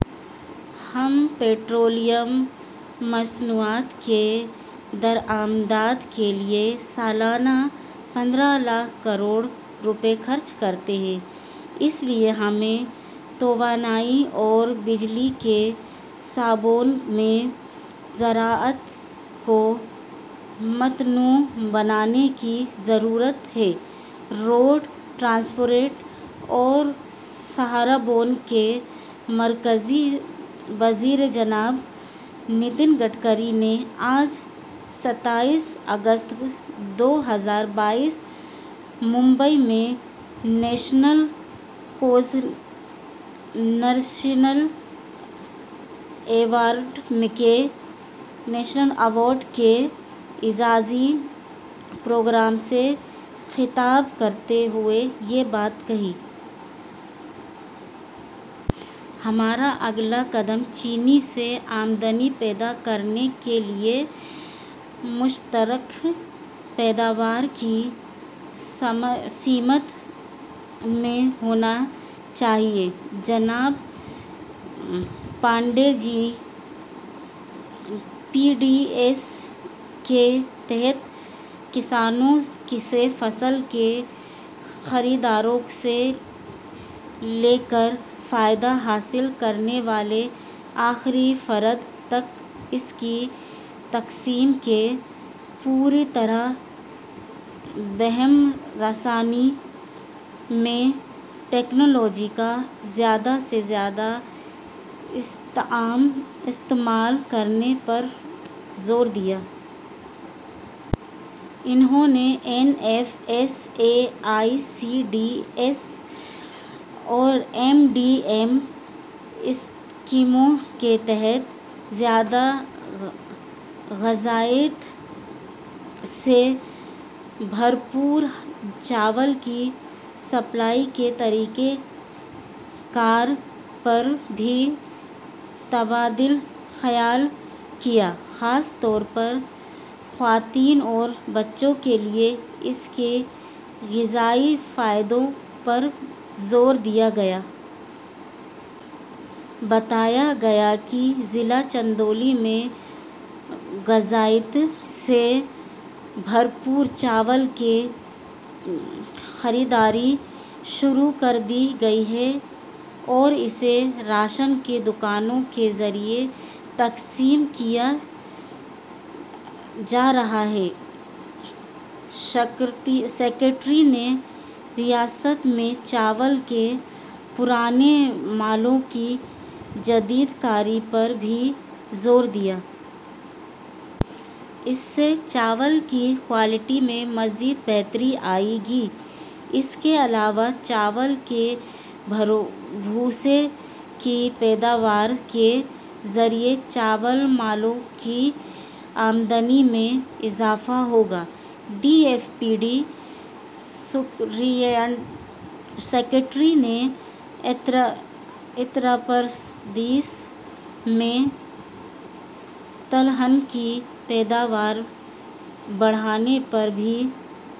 ہم پٹرولیم مصنوعات کی درآمدات کے لیے سالانہ پندرہ لاکھ کروڑ روپے خرچ کرتے ہیں، اس لیے ہمیں توانائی اور بجلی کے شعبوں میں زراعت کو متنوع بنانے کی ضرورت ہے۔ روڈ ٹرانسپورٹ اور شاہراہوں کے مرکزی وزیر جناب نتن گڈکری نے آج ستائیس اگست دو ہزار بائیس ممبئی میں نیشنل کوجنریشن ایوارڈ کے اعزازی پروگرام سے خطاب کرتے ہوئے یہ بات کہی۔ ہمارا اگلا قدم چینی سے آمدنی پیدا کرنے کے لیے مشترکہ پیداوار کی سمت میں ہونا چاہیے۔ جناب پانڈے نے پی ڈی ایس کے تحت کسانوں سے فصل کی خریداری سے لے کر فائدہ حاصل کرنے والے آخری فرد تک اس کی تقسیم کی پوری طرح بہم رسانی میں ٹیکنالوجی کا زیادہ سے زیادہ استعمال کرنے پر زور دیا۔ انھوں نے N F S A, I C D S اور ایم ڈی ایم اسکیموں کے تحت زیادہ غذائیت سے بھرپور چاول کی سپلائی کے طریقہ کار پر بھی تبادلہ خیال کیا، خاص طور پر خواتین اور بچوں کے لئے اس کے غذائی فائدوں پر زور دیا گیا۔ بتایا گیا کہ ضلع چندولی میں غذائیت سے بھرپور چاول کی خریداری شروع کردی گئی ہے اور اسے راشن کی دوکانوں کے ذریعے تقسیم کیا جارہا ہے۔ سکریٹری نے ریاست میں چاول کی پرانی ملوں کی جدید کاری پر بھی زور دیا۔ اس سے چاول کی کوالٹی میں مزید بہتری آئے گی اس کے علاوہ چاول کی بھوسی کی پیدوار کے ذریعے چاول ملوں کی آمدنی میں اضافہ ہوگا۔ D F P D secretary نے اترپردیش میں تلہن کی پیداوار بڑھانے پر بھی.